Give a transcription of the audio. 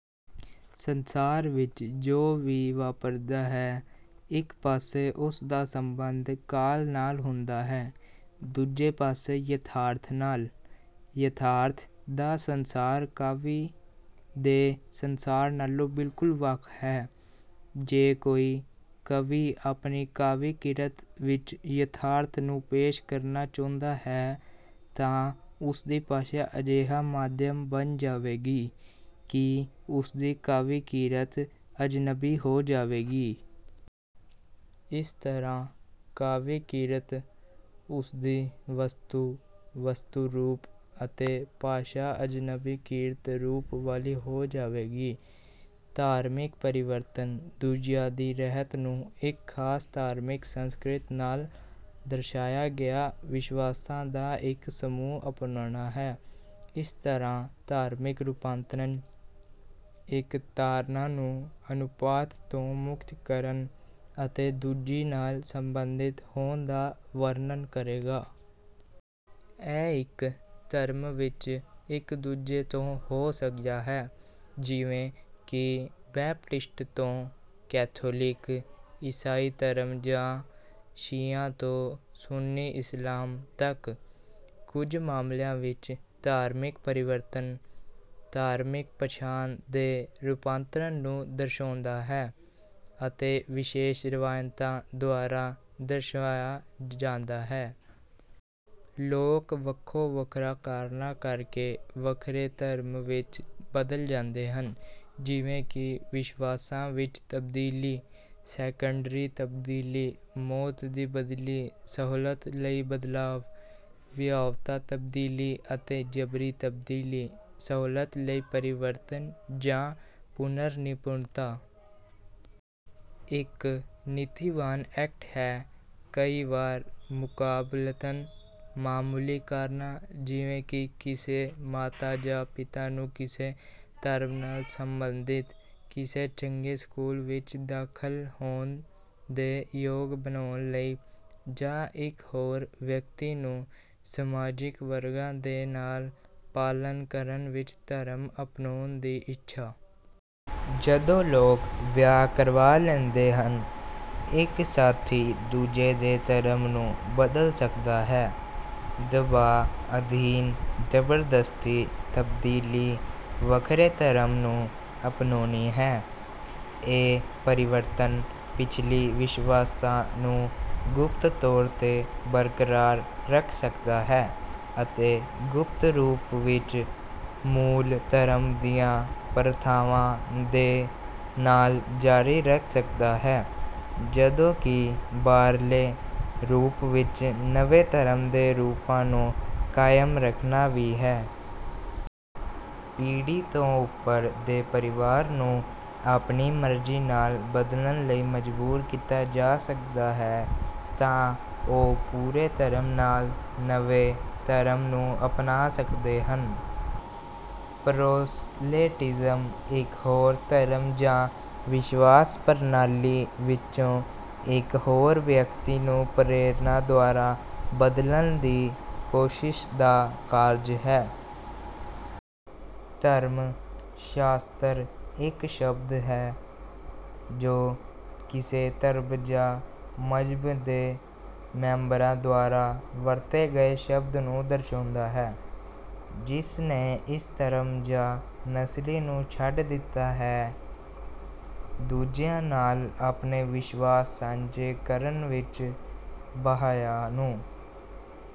ਸੰਸਾਰ ਵਿੱਚ ਜੋ ਵੀ ਵਾਪਰਦਾ ਹੈ ਇਕ ਪਾਸੇ ਉਸ ਦਾ ਸੰਬੰਧ ਕਾਲ ਨਾਲ ਹੁੰਦਾ ਹੈ ਦੂਜੇ ਪਾਸੇ ਯਥਾਰਥ ਨਾਲ। ਯਥਾਰਥ ਦਾ ਸੰਸਾਰ ਕਾਵਿ ਦੇ ਸੰਸਾਰ ਨਾਲੋਂ ਬਿਲਕੁਲ ਵੱਖ ਹੈ। ਜੇ ਕੋਈ ਕਵੀ ਆਪਣੀ ਕਾਵਿ-ਕਿਰਤ ਵਿੱਚ ਯਥਾਰਥ ਨੂੰ ਪੇਸ਼ ਕਰਨਾ ਚਾਹੁੰਦਾ ਹੈ ਤਾਂ ਉਸਦੀ ਭਾਸ਼ਾ ਅਜਿਹਾ ਮਾਧਿਅਮ ਬਣ ਜਾਵੇਗੀ ਕਿ ਉਸਦੀ ਕਾਵਿ-ਕਿਰਤ ਅਜਨਬੀ ਹੋ ਜਾਵੇਗੀ। ਇਸ ਤਰ੍ਹਾਂ ਕਾਵਿ-ਕਿਰਤ ਉਸਦੀ ਵਸਤੂ, ਵਸਤੂ-ਰੂਪ ਅਤੇ ਭਾਸ਼ਾ ਅਜਨਬੀਕ੍ਰਿਤ ਰੂਪ ਵਾਲੀ ਹੋ ਜਾਵੇਗੀ। ਧਾਰਮਿਕ ਪਰਿਵਰਤਨ ਦੂਜਿਆਂ ਦੀ ਰਹਿਤ ਨੂੰ ਇੱਕ ਖਾਸ ਧਾਰਮਿਕ ਸੰਸਕ੍ਰਿਤ ਨਾਲ ਦਰਸਾਇਆ ਗਿਆ ਵਿਸ਼ਵਾਸਾਂ ਦਾ ਇੱਕ ਸਮੂਹ ਅਪਣਾਉਣਾ ਹੈ। ਇਸ ਤਰ੍ਹਾਂ "ਧਾਰਮਿਕ ਰੂਪਾਂਤਰਣ" ਇੱਕ ਧਾਰਨਾ ਨੂੰ ਅਨੁਪਾਤ ਤੋਂ ਮੁਕਤ ਕਰਨ ਅਤੇ ਦੂਜੀ ਨਾਲ ਸੰਬੰਧਿਤ ਹੋਣ ਦਾ ਵਰਣਨ ਕਰੇਗਾ। ਇਹ ਇੱਕੋ ਧਰਮ ਵਿੱਚ ਇੱਕ ਦੂਜੇ ਤੋਂ ਹੋ ਸਕਦਾ ਹੈ, ਜਿਵੇਂ ਕਿ ਬੈਪਟਿਸਟ ਤੋਂ ਕੈਥੋਲਿਕ ਈਸਾਈ ਧਰਮ ਜਾਂ ਸ਼ੀਆ ਤੋਂ ਸੁੰਨੀ ਇਸਲਾਮ ਤੱਕ। ਕੁਝ ਮਾਮਲਿਆਂ ਵਿੱਚ, ਧਾਰਮਿਕ ਪਰਿਵਰਤਨ "ਧਾਰਮਿਕ ਪਛਾਣ ਦੇ ਰੂਪਾਂਤਰ ਨੂੰ ਦਰਸਾਉਂਦਾ ਹੈ ਅਤੇ ਵਿਸ਼ੇਸ਼ ਰਵਾਇਤਾਂ ਦੁਆਰਾ ਦਰਸਾਇਆ ਜਾਂਦਾ ਹੈ"। ਲੋਕ ਵੱਖੋ-ਵੱਖਰੇ ਕਾਰਨਾਂ ਕਰਕੇ ਵੱਖਰੇ ਧਰਮਾਂ ਵਿੱਚ ਬਦਲ ਜਾਂਦੇ ਹਨ, ਜਿਵੇਂ ਕਿ ਵਿਸ਼ਵਾਸਾਂ ਵਿੱਚ ਤਬਦੀਲੀ, ਸੈਕੰਡਰੀ ਤਬਦੀਲੀ, ਮੌਤ ਦੀ ਬਦਲੀ, ਸਹੂਲਤ ਲਈ ਬਦਲਾਵ, ਵਿਆਹੁਤਾ ਤਬਦੀਲੀ ਅਤੇ ਜਬਰੀ ਤਬਦੀਲੀ। ਸਹੂਲਤ ਲਈ ਪਰਿਵਰਤਨ ਜਾਂ ਪੁਨਰ-ਨਿਪੁੰਨਤਾ ਇੱਕ ਨੀਤੀਵਾਨ ਐਕਟ ਹੈ, ਕਈ ਵਾਰੀ ਮੁਕਾਬਲਤਨ ਮਾਮੂਲੀ ਕਾਰਨਾਂ ਜਿਵੇਂ ਕਿ ਕਿਸੇ ਮਾਤਾ ਜਾਂ ਪਿਤਾ ਨੂੰ ਕਿਸੇ ਧਰਮ ਨਾਲ ਸਬੰਧਿਤ ਕਿਸੇ ਚੰਗੇ ਸਕੂਲ ਵਿੱਚ ਦਾਖ਼ਲ ਹੋਣ ਦੇ ਯੋਗ ਬਣਾਉਣ ਲਈ, ਜਾਂ ਇੱਕ ਹੋਰ ਵਿਅਕਤੀ ਨੂੰ ਸਮਾਜਿਕ ਵਰਗਾਂ ਦੇ ਨਾਲ ਪਾਲਣ ਕਰਨ ਵਿੱਚ ਧਰਮ ਅਪਣਾਉਣ ਦੀ ਇੱਛਾ। ਜਦੋਂ ਲੋਕ ਵਿਆਹ ਕਰਵਾ ਲੈਂਦੇ ਹਨ, ਇੱਕ ਸਾਥੀ ਦੂਜੇ ਦੇ ਧਰਮ ਨੂੰ ਬਦਲ ਸਕਦਾ ਹੈ। ਦਬਾਅ ਅਧੀਨ ਜ਼ਬਰਦਸਤੀ ਤਬਦੀਲੀ ਵੱਖਰੇ ਧਰਮ ਨੂੰ ਅਪਣਾਉਣੀ ਹੈ। ਇਹ ਪਰਿਵਰਤਨ ਪਿਛਲੀ ਵਿਸ਼ਵਾਸਾਂ ਨੂੰ ਗੁਪਤ ਤੌਰ ਤੇ ਬਰਕਰਾਰ ਰੱਖ ਸਕਦਾ ਹੈ ਅਤੇ ਗੁਪਤ ਰੂਪ ਵਿਚ, ਮੂਲ ਧਰਮ ਦੀਆਂ ਪ੍ਰਥਾਵਾਂ ਦੇ ਨਾਲ ਜਾਰੀ ਰੱਖ ਸਕਦਾ ਹੈ, ਜਦੋਂ ਕਿ ਬਾਹਰਲੇ ਰੂਪ ਵਿੱਚ ਨਵੇਂ ਧਰਮ ਦੇ ਰੂਪਾਂ ਨੂੰ ਕਾਇਮ ਰੱਖਣਾ ਵੀ ਹੈ। ਪੀੜ੍ਹੀ ਤੋਂ ਉਪਰ ਦੇ ਪਰਿਵਾਰ ਨੂੰ ਆਪਣੀ ਮਰਜ਼ੀ ਨਾਲ ਬਦਲਣ ਲਈ ਮਜਬੂਰ ਕੀਤਾ ਜਾ ਸਕਦਾ ਹੈ ਤਾਂ ਉਹ ਪੂਰੇ ਧਰਮ ਨਾਲ ਨਵੇਂ ਧਰਮ ਨੂੰ ਅਪਣਾ ਸਕਦੇ ਹਨ। ਪ੍ਰੋਸਲੇਟਿਜ਼ਮ ਇੱਕ ਹੋਰ ਧਰਮ ਜਾਂ ਵਿਸ਼ਵਾਸ ਪ੍ਰਣਾਲੀ ਵਿੱਚੋਂ ਇੱਕ ਹੋਰ ਵਿਅਕਤੀ ਨੂੰ ਪ੍ਰੇਰਣਾ ਦੁਆਰਾ ਬਦਲਣ ਦੀ ਕੋਸ਼ਿਸ਼ ਦਾ ਕਾਰਜ ਹੈ। ਧਰਮ-ਸ਼ਾਸਤਰ ਇੱਕ ਸ਼ਬਦ ਹੈ ਜੋ ਕਿਸੇ ਧਰਮ ਜਾਂ ਮਜ੍ਹਬ ਦੇ ਮੈਂਬਰਾਂ ਦੁਆਰਾ ਵਰਤੇ ਗਏ ਸ਼ਬਦ ਨੂੰ ਦਰਸਾਉਂਦਾ ਹੈ ਜਿਸ ਨੇ ਇਸ ਧਰਮ ਜਾਂ ਨਸਲੀ ਨੂੰ ਛੱਡ ਦਿੱਤਾ ਹੈ। ਦੂਜਿਆਂ ਨਾਲ ਆਪਣੇ ਵਿਸ਼ਵਾਸ ਸਾਂਝੇ ਕਰਨ ਵਿੱਚ, ਬਹਾਇਆਂ ਨੂੰ